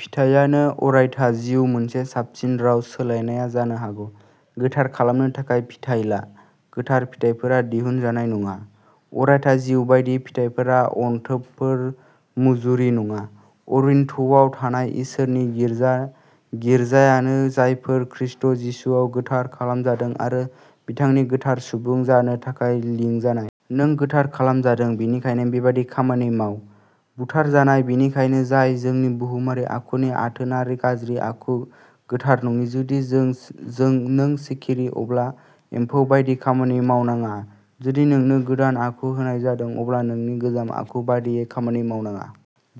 फिथायानो अरायथा जिउ मोनसे साबसिन राव सोलायनाया जानो हागौ, गोथार खालामनो थाखाय फिथाइ ला। गोथार फिथाइफोरा दिहुनजानाय नङा। अरायथा जिउ बायदि, फिथाइफोरा अनथोबफोर, मुजुरि नङा। करिन्थआव थानाय इसोरनि गिर्जानो, जायफोरा खृष्ट जिसुआव गोथार खालामजादों आरो बिथांनि गोथार सुबुं जानो थाखाय लिंजानाय। नों गोथार खालामजादों बेनिखायनो बेबादि खामानि माव। बुथारजानाय, बेनिखायनो, जाय नोंनि बुहुमारि आखुनि आथोनारि गाज्रि आखु, गोथार नङि जुदि नों सिखिरि, अब्ला एम्फौ बायदि खामानि मावनाङा। जुदि नोंनो गोदान आखु होनाय जादों, अब्ला नोंनि गोजाम आखु बायदियै खामानि मावनाङा।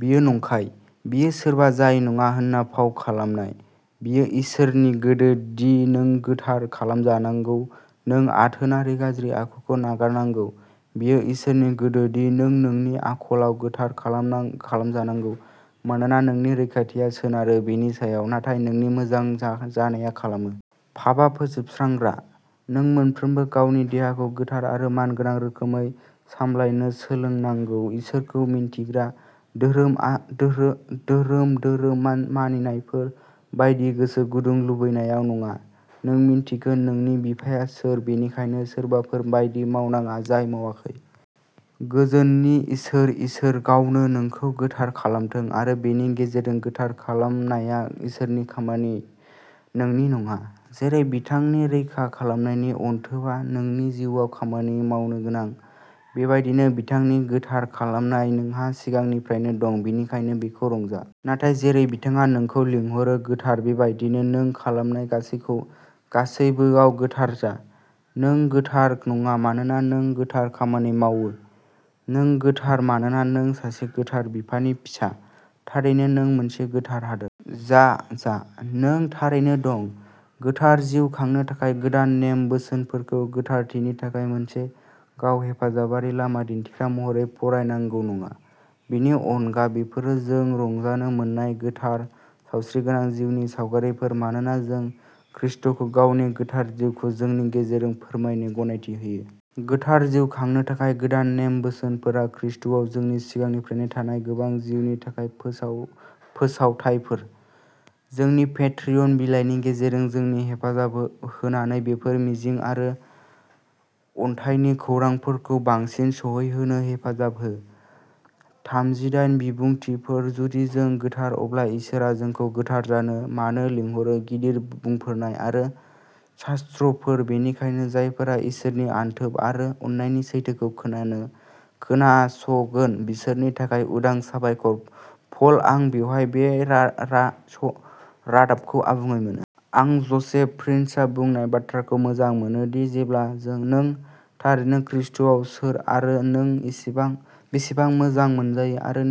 बेयो नंखाय। बेयो सोरबा जाय नङा होनना फाव खालामनाय। बेयो इसोरनि गोसो दि नों गोथार खालामजानांगौ नों आथोनारि गाज्रि आखुखौ नागारनांगौ। बेयो इसोरनि गोसो दि नों नोंनि आखलआव गोथार खालामजानांगौ, मानोना नोंनि रैखाथिया सोनारो बेनि सायाव, नाथाय नोंनि मोजां जानाया खालामो। पापआ फोजोबस्रांग्रा। नों मोनफ्रोमबो गावनि देहाखौ गोथार आरो मानगोनां रोखोमै सामलायनो सोलोंनांगौ, इसोरखौ मिन्थिग्रा धोरोम धोरोम मानिनायफोर बायदि गोसो गुदुं लुबैनायाव नङा। नों मिन्थिगोन नोंनि बिफाया सोर, बेनिखायनो सोरबाफोर बायदि मावनाङा जाय मावाखै। गोजोननि इसोर, इसोर गावनो नोंखौ गोथार खालामथों आरो बेनि गेजेरजों। गोथार खालामनाया इसोरनि खामानि, नोंनि नङा। जेरै बिथांनि रैखा खालामनायनि अनथोबआ नोंनि जिउआव खामानि मावनो गोनां, बेबायदिनो बिथांनि गोथार खालामनाय। नोंहा सिगांनिफ्रायनो दं, बेनिखायनो बेखौ रंजा! नाथाय जेरै बिथाङा नोंखौ लिंहरो, गोथार, बेबायदिनो नों खालामनाय गासैबोआव गोथार जा। नों गोथार नङा मानोना नों गोथार खामानि मावो। नों गोथार मानोना नों सासे गोथार बिफानि फिसा। थारैनो, नों मोनसे गोथार हादोर। जा जा। नों थारैनो दं। गोथार जिउ खांनो थाखाय गोदान नेम बोसोनफोरखौ गोथारथिनि थाखाय मोनसे गाव हेफाजाबारि लामा दिन्थिग्रा महरै फरायनांगौ नङा। बेनि अनगा, बेफोरो जों रंजानो मोन्नाय गोथार, सावस्रिगोनां जिउनि सावगारिफोर, मानोना जों खृष्टखौ गावनि गोथार जिउखौ जोंनि गेजेरजों फोरमायनो गनायथि होयो। गोथार जिउ खांनो थाखाय गोदान नेम बोसोनफोरा ख्रीष्टआव जोंनि सिगांनिफ्रायनो थानाय गोबां जिउनि थाखाय फोसावथायफोर। जोंनि पेट्रियन बिलाइनि गेजेरजों जोंनि हेफाजाब होनानै बेफोर मिजिं आरो अनथाइनि खौरांफोरखौ बांसिन सौहैहोनो हेफाजाब हो। थामजिदाइन बिबुंथिफोर जुदि जों गोथार, अब्ला इसोरआ जोंखौ गोथार जानो मानो लिंहरो गिदिर बुंफोरनाय आरो शास्त्रफोर बेनिखायनो जायफोरा इसोरनि अनथोब आरो अननायनि सैथोखौ खोनानो खोनासगोन बिसोरनि थाखाय उदां साबायखर, पल, आं बेवहाय बे रादाबखौ आबुङै मोनो। आं ज'सेफ प्रिन्सआ बुंनाय बाथ्राखौ मोजां मोनो, दि जेब्ला नों थारैनो खृष्टआव सोर आरो नों बेसेबां मोजां मोनजायो आरो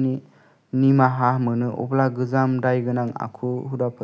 निमाहा मोनो, अब्ला गोजाम दायगोनां आखु हुदाफोर।